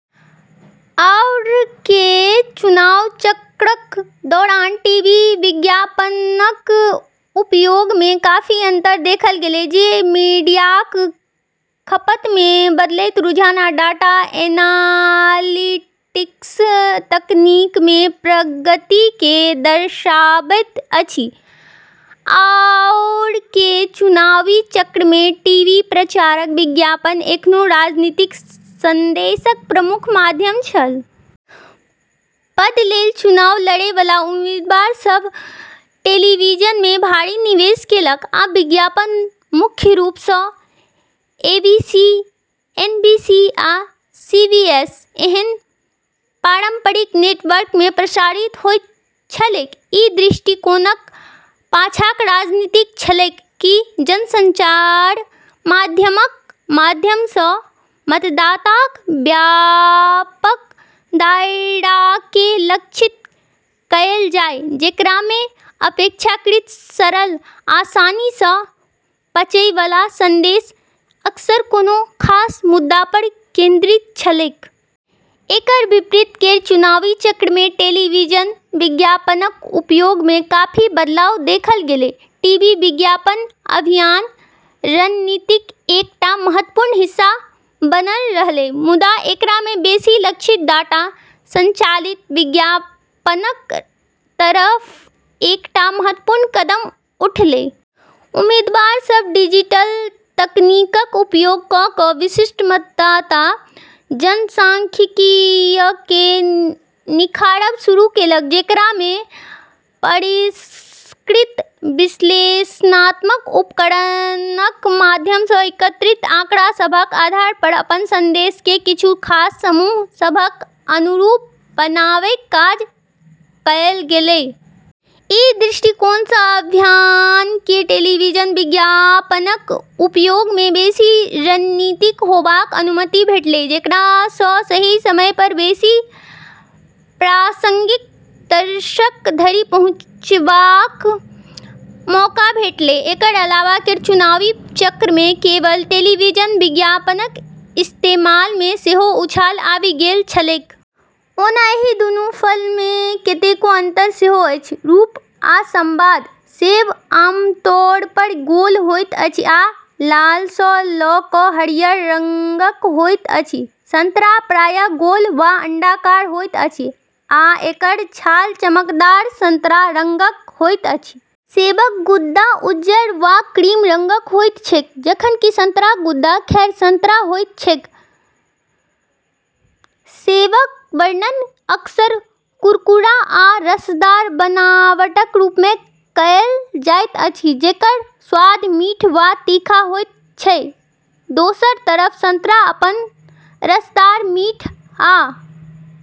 आओरके चुनाव चक्रक दौरान टीवी विज्ञापनक उपयोगमे काफी अंतर देखल गेलै, जे मीडियाक खपतमे बदलैत रुझान आ डाटा एनालिटिक्स तकनीकमे प्रगति केँ दर्शाबैत अछि। आओरके चुनावी चक्रमे टीवी प्रचारक विज्ञापन एखनो राजनीतिक संदेशक प्रमुख माध्यम छल। पद लेल चुनाव लड़ै वाला उम्मीदवार सभ टेलीविजनमे भारी निवेश केलक, आ विज्ञापन मुख्य रूपसँ एबीसी, एनबीसी, आ सीबीएस एहन पारंपरिक नेटवर्कमे प्रसारित होइत छलैक। ई दृष्टिकोणक पाछाँक रणनीति छलैक कि जनसंचार माध्यमक माध्यमसँ मतदाताक व्यापक दायराकेँ लक्षित कएल जाय, जेकरामे अपेक्षाकृत सरल, आसानीसँ पचै वाला संदेश अक्सर कोनो खास मुद्दापर केंद्रित छलैक। एकर विपरीत केर चुनावी चक्रमे टेलीविजन विज्ञापनक उपयोगमे काफी बदलाव देखल गेलै। टीवी विज्ञापन अभियान रणनीतिक एकटा महत्वपूर्ण हिस्सा बनल रहलै, मुदा एकरामे बेसी लक्षित, डाटा संचालित विज्ञापनक तरफ एकटा महत्वपूर्ण कदम उठलै। उम्मीदवार सभ डिजिटल तकनीकक उपयोग कऽ कऽ विशिष्ट मतदाता जनसांख्यिकीयकेँ निखारब शुरू केलक, जेकरामे परिष्कृत विश्लेषणात्मक उपकरणक माध्यमसँ एकत्रित आंकड़ा सभक आधारपर अपन संदेशकेँ किछु खास समूह सभक अनुरूप बनाबैक काज कएल गेलै। ई दृष्टिकोणसँ अभियानकेँ टेलीविजन विज्ञापनक उपयोगमे बेसी रणनीतिक होबाक अनुमति भेटलै, जेकरासँ सही समयपर बेसी प्रासंगिक दर्शक धरि पहुँचबाक मौका भेटलै। एकर अलावा केर चुनावी चक्रमे केबल टेलीविजन विज्ञापनक इस्तेमालमे सेहो उछाल आबि गेल छलैक। ओना एहि दूनू फलमे कतेको अंतर सेहो अछि। रूप आ स्वाद: सेब आमतौरपर गोल होइत अछि आ लालसँ लऽ कऽ हरियर रंगक होइत अछि। संतरा प्रायः गोल वा अंडाकार होइत अछि आ एकर छाल चमकदार संतरा रंगक होइत अछि। सेबक गुदा उज्जर वा क्रीम रंगक होइत छैक, जखन कि संतराक गुदा, खैर, संतरा होइत छैक। सेबक वर्णन अक्सर कुरकुरा आ रसदार बनावटक रूपमे कएल जाइत अछि जेकर स्वाद मीठ वा तीखा होइत छै। दोसर तरफ संतरा अपन रसदार, मीठ आ...